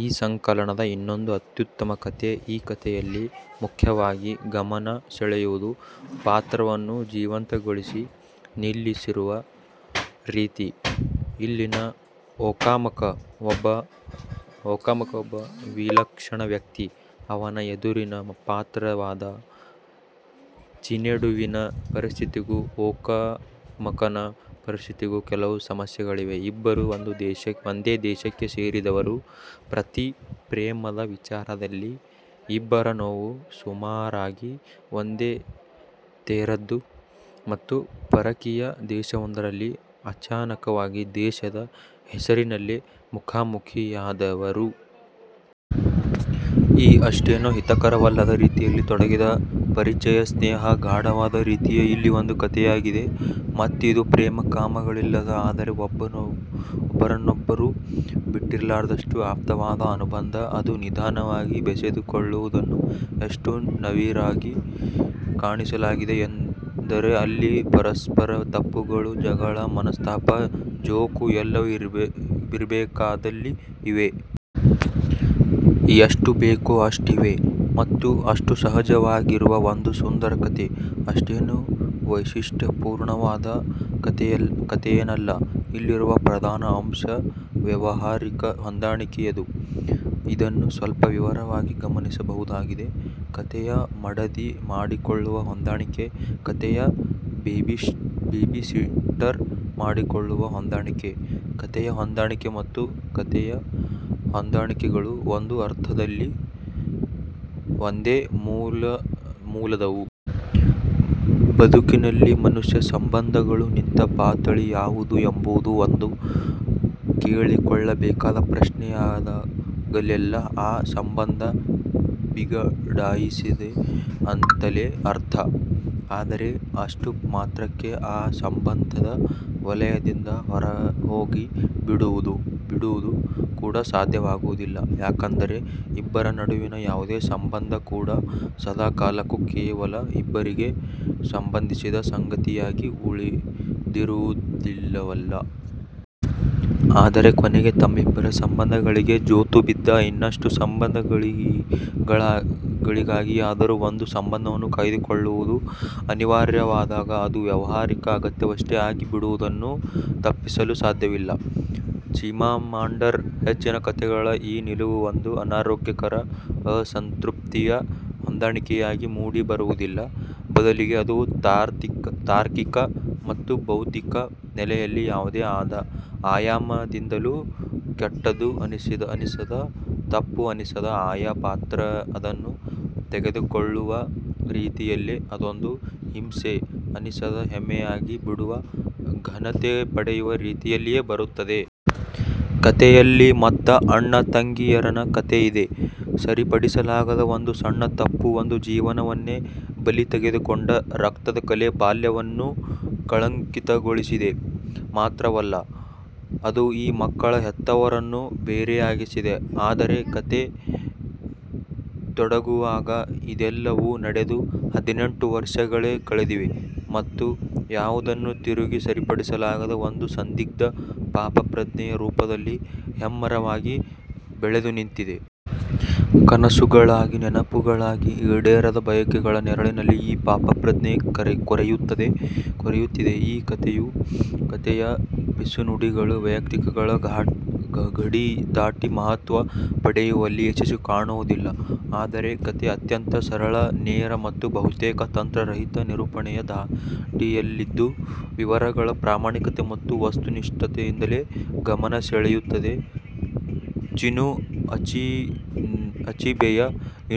ಈ ಸಂಕಲನದ ಇನ್ನೊಂದು ಅತ್ಯುತ್ತಮ ಕತೆ. ಈ ಕತೆಯಲ್ಲಿ ಮುಖ್ಯವಾಗಿ ಗಮನ ಸೆಳೆಯುವುದು ಪಾತ್ರವನ್ನು ಜೀವಂತಗೊಳಿಸಿ ನಿಲ್ಲಿಸಿರುವ ರೀತಿ. ಇಲ್ಲಿನ ಒಕಾಮಕ ಒಬ್ಬ ವಿಲಕ್ಷಣ ವ್ಯಕ್ತಿ. ಅವನ ಎದುರಿನ ಪಾತ್ರವಾದ ಚಿನೇಡುವಿನ ಪರಿಸ್ಥಿತಿಗೂ ಒಕಾಮಕನ ಪರಿಸ್ಥಿತಿಗೂ ಕೆಲವು ಸಾಮ್ಯಗಳಿವೆ. ಇಬ್ಬರೂ ಒಂದೇ ದೇಶಕ್ಕೆ ಸೇರಿದವರು, ಪ್ರೀತಿ ಪ್ರೇಮದ ವಿಚಾರದಲ್ಲಿ ಇಬ್ಬರ ನೋವೂ ಸುಮಾರಾಗಿ ಒಂದೇ ತೆರದ್ದು ಮತ್ತು ಪರಕೀಯ ದೇಶವೊಂದರಲ್ಲಿ ಅಚಾನಕವಾಗಿ ದೇಶದ ಹೆಸರಿನಲ್ಲೇ ಮುಖಾಮುಖಿಯಾದವರು. ಈ ಅಷ್ಟೇನೂ ಹಿತಕರವಲ್ಲದ ರೀತಿಯಲ್ಲಿ ತೊಡಗಿದ ಪರಿಚಯ-ಸ್ನೇಹ ಗಾಢವಾಗುವ ರೀತಿಯೇ ಇಲ್ಲಿ ಒಂದು ಕತೆಯಾಗಿದೆ. ಮತ್ತಿದು ಪ್ರೇಮ-ಕಾಮಗಳಿಲ್ಲದ ಆದರೆ ಒಬ್ಬರನ್ನೊಬ್ಬರು ಬಿಟ್ಟಿರಲಾರದಷ್ಟು ಆಪ್ತವಾದ ಅನುಬಂಧ. ಅದು ನಿಧಾನವಾಗಿ ಬೆಸೆದುಕೊಳ್ಳುವುದನ್ನು ಎಷ್ಟು ನವಿರಾಗಿ ಕಾಣಿಸಲಾಗಿದೆ ಎಂದರೆ ಇಲ್ಲಿ ಪರಸ್ಪರರ ತಪ್ಪುಗಳು, ಜಗಳ, ಮನಸ್ತಾಪ, ಜೋಕು ಎಲ್ಲವೂ ಇರಬೇಕಾದಲ್ಲಿ ಇವೆ. ಎಷ್ಟು ಬೇಕೊ ಅಷ್ಟಿವೆ ಮತ್ತು ಅಷ್ಟೂ ಸಹಜವಾಗಿರುವ ಒಂದು ಸುಂದರ ಕತೆ. ಅಷ್ಟೇನೂ ವೈಶಿಷ್ಟ್ಯಪೂರ್ಣವಾದ ಕತೆಯೇನಲ್ಲ. ಇಲ್ಲಿರುವ ಪ್ರಧಾನ ಅಂಶ ವ್ಯಾವಹಾರಿಕ ಹೊಂದಾಣಿಕೆಯದು. ಇದನ್ನು ಸ್ವಲ್ಪ ವಿವರವಾಗಿ ಗಮನಿಸಬಹುದಾಗಿದೆ. ಕತೆಯ ಮಡದಿ ಮಾಡಿಕೊಳ್ಳುವ ಹೊಂದಾಣಿಕೆ ಕತೆಯ ಬೇಬಿಸಿಟ್ಟರ್ ಮಾಡಿಕೊಳ್ಳುವ ಹೊಂದಾಣಿಕೆ. ಕತೆಯ ಹೊಂದಾಣಿಕೆ ಮತ್ತು ಕತೆಯ ಹೊಂದಾಣಿಕೆಗಳು ಒಂದು ಅರ್ಥದಲ್ಲಿ ಒಂದೇ ಮೂಲದವು. ಬದುಕಿನಲ್ಲಿ ಮನುಷ್ಯ ಸಂಬಂಧಗಳು ನಿಂತ ಪಾತಳಿ ಯಾವುದು ಎಂಬುದು ಒಂದು ಕೇಳಿಕೊಳ್ಳಬೇಕಾದ ಪ್ರಶ್ನೆಯಾದಾಗಲೆಲ್ಲ ಆ ಸಂಬಂಧ ಬಿಗಡಾಯಿಸಿದೆ ಅಂತಲೇ ಅರ್ಥ. ಆದರೆ ಅಷ್ಟು ಮಾತ್ರಕ್ಕೆ ಆ ಸಂಬಂಧದ ವಲಯದಿಂದ ಹೊರಹೋಗಿ ಬಿಡುವುದು ಕೂಡ ಸಾಧ್ಯವಾಗುವುದಿಲ್ಲ. ಯಾಕೆಂದರೆ ಇಬ್ಬರ ನಡುವಿನ ಯಾವುದೇ ಸಂಬಂಧ ಕೂಡ ಸದಾ ಕಾಲಕ್ಕೂ ಕೇವಲ ಇಬ್ಬರಿಗೇ ಸಂಬಂಧಿಸಿದ ಸಂಗತಿಯಾಗಿ ಉಳಿದಿರುವುದಿಲ್ಲವಲ್ಲ. ಆದರೆ ಕೊನೆಗೆ ತಮ್ಮಿಬ್ಬರ ಸಂಬಂಧಗಳಿಗೆ ಜೋತುಬಿದ್ದ ಇನ್ನಷ್ಟು ಸಂಬಂಧಗಳಿಗಾಗಿಯಾದರೂ ಒಂದು ಸಂಬಂಧವನ್ನು ಕಾಯ್ದುಕೊಳ್ಳುವುದು ಅನಿವಾರ್ಯವಾದಾಗ ಅದು ವ್ಯಾವಹಾರಿಕ ಅಗತ್ಯವಷ್ಟೇ ಆಗಿ ಬಿಡುವುದನ್ನು ತಪ್ಪಿಸಲು ಸಾಧ್ಯವಿಲ್ಲ. ಚಿಮಾಮಾಂಡರ ಹೆಚ್ಚಿನ ಕತೆಗಳ ಈ ನಿಲುವು ಒಂದು ಅನಾರೋಗ್ಯಕರ-ಅಸಂತೃಪ್ತಿಯ ಹೊಂದಾಣಿಕೆಯಾಗಿ ಮೂಡಿ ಬರುವುದಿಲ್ಲ. ಬದಲಿಗೆ ಅದು ತಾರ್ಕಿಕ ಮತ್ತು ಬೌದ್ಧಿಕ ನೆಲೆಯಲ್ಲಿ ಯಾವುದೇ ಆಯಾಮದಿಂದಲೂ ಕೆಟ್ಟದು ಅನಿಸದ, ತಪ್ಪು ಅನಿಸದ, ಆಯಾ ಪಾತ್ರ ಅದನ್ನು ತೆಗೆದುಕೊಳ್ಳುವ ರೀತಿಯಲ್ಲೇ ಅದೊಂದು ಹಿಂಸೆ ಅನಿಸದ ಹೆಮ್ಮೆಯಾಗಿ ಬಿಡುವ ಘನತೆ ಪಡೆಯುವ ರೀತಿಯಲ್ಲೇ ಬರುತ್ತದೆ. ಕತೆಯಲ್ಲಿ ಮತ್ತೆ ಅಣ್ಣ-ತಂಗಿಯರ ನ ಕತೆಯಿದೆ. ಸರಿಪಡಿಸಲಾಗದ ಒಂದು ಸಣ್ಣ ತಪ್ಪು ಒಂದು ಜೀವವನ್ನೇ ಬಲಿ ತೆಗೆದುಕೊಂಡ ರಕ್ತದ ಕಲೆ ಬಾಲ್ಯವನ್ನು ಕಳಂಕಿತಗೊಳಿಸಿದೆ. ಮಾತ್ರವಲ್ಲ ಅದು ಈ ಮಕ್ಕಳ ಹೆತ್ತವರನ್ನೂ ಬೇರೆಯಾಗಿಸಿದೆ. ಆದರೆ ಕತೆ ತೊಡಗುವಾಗ ಇದೆಲ್ಲವೂ ನಡೆದು ಹದಿನೆಂಟು ವರ್ಷಗಳೇ ಕಳೆದಿವೆ ಮತ್ತು ಯಾವುದನ್ನೂ ತಿರುಗಿ ಸರಿಪಡಿಸಲಾಗದ ಒಂದು ಸಂದಿಗ್ಧ ಪಾಪಪ್ರಜ್ಞೆಯ ರೂಪದಲ್ಲಿ ಹೆಮ್ಮರವಾಗಿ ಬೆಳೆದುನಿಂತಿದೆ. ಕನಸುಗಳಾಗಿ, ನೆನಪುಗಳಾಗಿ, ಈಡೇರದ ಬಯಕೆಗಳ ನೆರಳಿನಲ್ಲಿ ಈ ಪಾಪಪ್ರಜ್ಞೆ ಕೊರೆಯುತ್ತಿದೆ. ಈ ಕತೆಯ ಪಿಸುನುಡಿಗಳು ವೈಯಕ್ತಿಕಗಳ ಗಡಿದಾಟಿ ಮಹತ್ವ ಪಡೆಯುವಲ್ಲಿ ಯಶಸ್ಸು ಕಾಣುವುದಿಲ್ಲ. ಆದರೆ, ಕತೆ ಅತ್ಯಂತ ಸರಳ-ನೇರ ಮತ್ತು ಬಹುತೇಕ ತಂತ್ರ ರಹಿತ ನಿರೂಪಣೆಯ ಧಾಟಿಯಲ್ಲಿದ್ದು ವಿವರಗಳ ಪ್ರಾಮಾಣಿಕತೆ ಮತ್ತು ವಸ್ತುನಿಷ್ಠತೆಯಿಂದಲೇ ಗಮನಸೆಳೆಯುತ್ತದೆ. ಚಿನು ಅಚೀಬೆಯ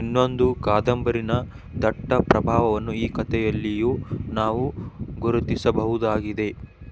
ಇನ್ನೊಂದು ಕಾದಂಬರಿ ನ ದಟ್ಟ ಪ್ರಭಾವವನ್ನು ಈ ಕತೆಯಲ್ಲಿಯೂ ನಾವು ಗುರುತಿಸಬಹುದಾಗಿದೆ.